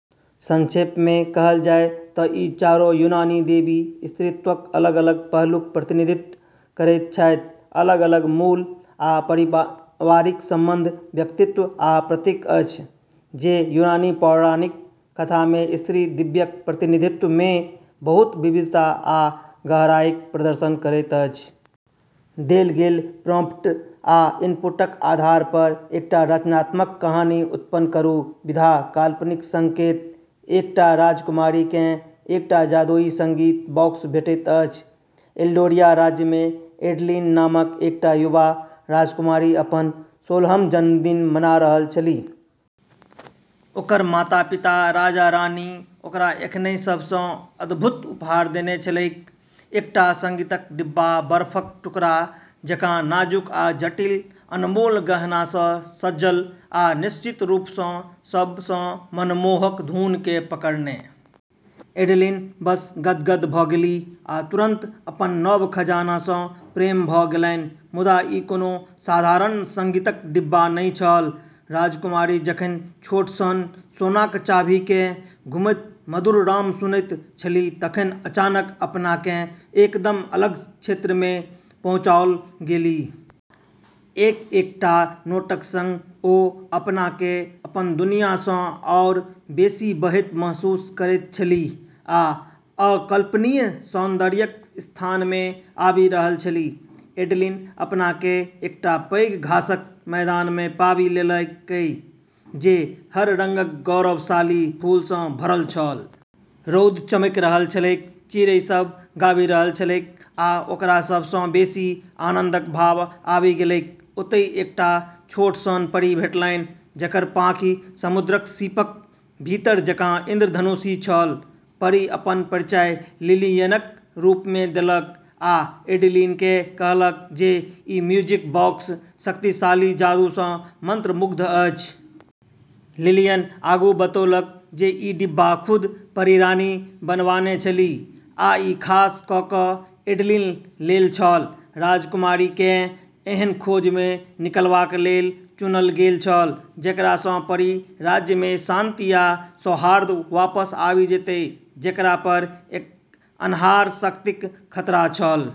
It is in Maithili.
संक्षेपमे कहल जाय तँ ई चारो यूनानी देवी स्त्रीत्वक अलग-अलग पहलूक प्रतिनिधित्व करैत छथि, अलग-अलग मूल आ पारिवारिक संबंध, व्यक्तित्व आ प्रतीक अछि, जे यूनानी पौराणिक कथामे स्त्री दिव्यक प्रतिनिधित्वमे बहुत विविधता आ गहराईक प्रदर्शन करैत अछि। देल गेल प्रॉम्प्ट आ इनपुटक आधार पर एकटा रचनात्मक कहानी उत्पन्न करू। विधा: काल्पनिक संकेत: एकटा राजकुमारीकेँ एकटा जादुई संगीत बॉक्स भेटैत अछि। एल्डोरिया राज्यमे एडलिन नामक एकटा युवा राजकुमारी अपन सोलहम जन्मदिन मना रहल छलीह। ओकर माता-पिता राजा-रानी ओकरा एखनहि सभ सँ अद्भुत उपहार देने छलैक: एकटा संगीतक डिब्बा, बर्फक टुकड़ा जकाँ नाजुक आ जटिल, अनमोल गहना सँ सजल, आ निश्चित रूप सँ, सभ सँ मनमोहक धुनकेँ पकड़ने। एडलिन बस गदगद भ’ गेलीह आ तुरंत अपन नव खजाना सँ प्रेम भ’ गेलैन। मुदा ई कोनो साधारण संगीतक डिब्बा नहि छल। राजकुमारी जखन छोट सन सोनाक चाभीकेँ घुमैत मधुर राग सुनैत छलीह तखन अचानक अपनाकेँ एकदम अलग क्षेत्रमे पहुँचाओल गेलीह। एक-एकटा नोटक संग ओ अपनाकेँ अपन दुनिया सँ आओर बेसी बहैत महसूस करैत छलीह आ अकल्पनीय सौन्दर्यक स्थानमे आबि रहल छलीह। एडलिन अपनाकेँ एकटा पैघ घासक मैदानमे पाबि लेलकै, जे हर रंगक गौरवशाली फूल सँ भरल छल। रौद चमकि रहल छलैक, चिड़ै सभ गाबि रहल छलैक, आ ओकरा सभ सँ बेसी आनन्दक भाव आबि गेलैक। ओतय एकटा छोट सन परी भेटलनि जकर पाँखि समुद्रक सीपक भीतर जकाँ इंद्रधनुषी छल। परी अपन परिचय लिलियनक रूपमे देलक आ एडलिनकेँ कहलक जे म्यूजिक बॉक्स शक्तिशाली जादू सँ मंत्रमुग्ध अछि। लिलियन आगू बतौलक जे ई डिब्बा खुद परी रानी बनवाने छलीह आ ई खास क’ क’ एडलिन लेल छल। राजकुमारीकेँ एहन खोजमे निकलबा लेल चुनल गेल छल जेकरा सँ परी राज्यमे शांति आ सौहार्द वापस आबि जेतै, जेकरा पर एक अन्हार शक्तिक खतरा छल।